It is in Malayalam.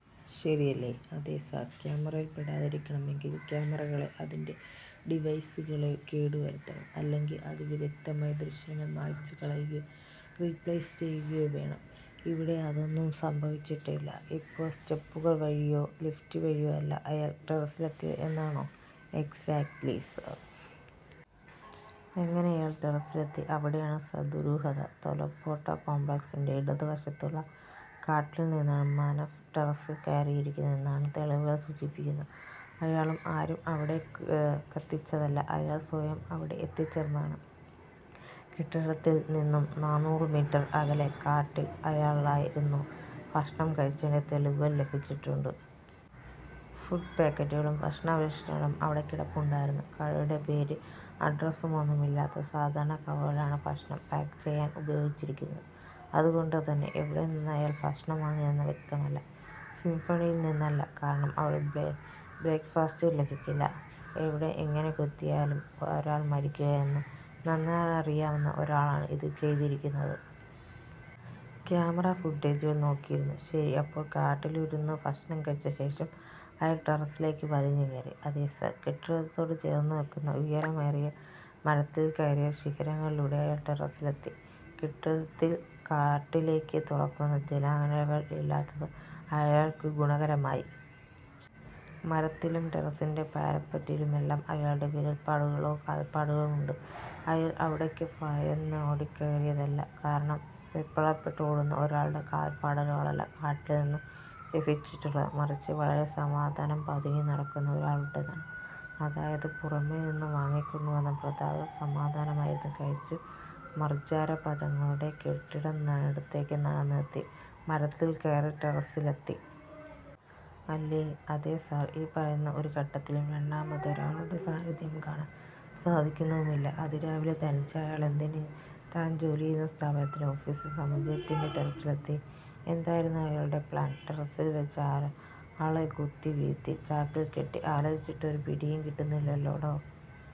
ശരിയല്ലേ? " "അതെ സർ. ക്യാമറയിൽ പെടാതിരിക്കണമെങ്കിൽ ക്യാമറകളോ അതിന്റെ ഡിവൈസുകളോ കേടു വരുത്തണം. അല്ലെങ്കിൽ അതിവിദഗ്ധമായി ദൃശ്യങ്ങൾ മായ്ച്ചു കളയുകയോ, റീപ്ലേസ് ചെയ്യുകയോ വേണം. ഇവിടെ ഇതൊന്നും സംഭവിച്ചിട്ടില്ല. " "അപ്പോൾ സ്റ്റെപ്പുകൾ വഴിയോ ലിഫ്റ്റ് വഴിയോ അല്ല അയാൾ ടെറസിലെത്തിയത് എന്നാണോ...? " "എക്സാക്റ്റ്ലി സർ...! " "എങ്ങനെ അയാൾ ടെറസിലെത്തി? " "അവിടെയാണ് സർ ദുരൂഹത. 'തേലേപ്പാട്ട് കോംപ്ലക്സി'ന്റെ ഇടത് വശത്തുള്ള കാട്ടിൽ നിന്നാണ് മനാഫ് ടെറസിൽ കയറിയിരിക്കുന്നത് എന്നാണ് തെളിവുകൾ സൂചിപ്പിക്കുന്നത്. അയാളെ ആരും അവിടേക്കെത്തിച്ചതല്ല. അയാൾ സ്വയം അവിടെ എത്തിച്ചേർന്നതാണ്. കെട്ടിടത്തിൽ നിന്നും നാനൂറ് മീറ്റർ അകലെ കാട്ടിൽ അയാളിരുന്ന് ഭക്ഷണം കഴിച്ചതിന്റെ തെളിവുകൾ ലഭിച്ചിട്ടുണ്ട്. ഫുഡ് പാക്കറ്റുകളും, ഭക്ഷണാവശിഷ്ടങ്ങളും അവിടെ കിടപ്പുണ്ടായിരുന്നു. കടയുടെ പേരും അഡ്രസുമൊന്നുമില്ലാത്ത സാധാരണ കവറുകളാണ് ഭക്ഷണം പാക്ക് ചെയ്യാൻ ഉപയോഗിച്ചിരിക്കുന്നത്. അതുകൊണ്ടു തന്നെ എവിടെ നിന്നാണയാൾ ഭക്ഷണം വാങ്ങിയതെന്ന് വ്യക്തമല്ല. സിംഫണിയിൽ നിന്നല്ല. കാരണം അവിടെ ബ്രേക്ക് ഫാസ്റ്റ് ലഭിക്കില്ല. " 'എവിടെ, എങ്ങനെ കുത്തിയാലാണ് ഒരാൾ മരിക്കുക എന്ന് നന്നായറിയാവുന്ന ഒരാളാണ് ഇത് ചെയ്തിരിക്കുന്നത്... ക്യാമറാ ഫൂട്ടേജുകൾ നോക്കിയിരുന്നു. " "ശരി. അപ്പോൾ കാട്ടിലിരുന്ന് ഭക്ഷണം കഴിച്ച ശേഷം അയാൾ ടെറസിലേക്ക് വലിഞ്ഞു കയറി. " "അതെ സർ. കെട്ടിടത്തോട് ചേർന്ന് നിൽക്കുന്ന ഉയരമേറിയ മരത്തിൽ കയറി ശിഖരങ്ങളിലൂടെ അയാൾ ടെറസിലെത്തി. കെട്ടിടത്തിൽ കാട്ടിലേക്ക് തുറക്കുന്ന ജാലകങ്ങൾ ഇല്ലാത്തത് അയാൾക്ക് ഗുണകരമായി. മരത്തിലും ടെറസിന്റെ പാരപ്പറ്റിലുമെല്ലാം അയാളുടെ വിരൽപ്പാടുകളോ കാൽപ്പാടുകളോ ഉണ്ട്. അയാൾ അവിടേക്ക് ഭയന്നോടിക്കയറിയതല്ല. കാരണം വെപ്രാളപ്പെട്ട് ഓടുന്ന ഒരാളുടെ കാൽപ്പാടുകളല്ല കാട്ടിൽ നിന്നും ലഭിച്ചിട്ടുള്ളത്. മറിച്ച് വളരെ സാവധാനം പതുങ്ങി നടക്കുന്ന ഒരാളുടേതാണ്. " "അതായത് പുറമേ നിന്ന് വാങ്ങിക്കൊണ്ട് വന്ന പ്രാതൽ സമാധാനമായിരുന്ന് കഴിച്ച്, മാർജാര പാദങ്ങളോടെ കെട്ടിടത്തിനടുത്തേക്ക് നടന്നെത്തി, മരത്തിൽ കയറി ടെറസിലെത്തി. അല്ലേ? " "അതെ സർ. ഈ പറയുന്ന ഒരു ഘട്ടത്തിലും രണ്ടാമതൊരാളുടെ സാന്നിധ്യം കാണാൻ സാധിക്കുന്നുമില്ല. " "അതിരാവിലെ, തനിച്ച് അയാളെന്തിന് താൻ ജോലി ചെയ്യുന്ന സ്ഥാപനത്തിന്റെ ഓഫീസ് സമുച്ചയത്തിന്റെ ടെറസിലെത്തി? എന്തായിരുന്നു അയാളുടെ പ്ലാൻ? ടെറസിൽ വെച്ച് ആരയാളെ കുത്തി വീഴ്ത്തി? ചാക്കിൽക്കെട്ടി? ആലോചിച്ചിട്ട് ഒരു പിടിയും കിട്ടുന്നില്ലല്ലോടോ...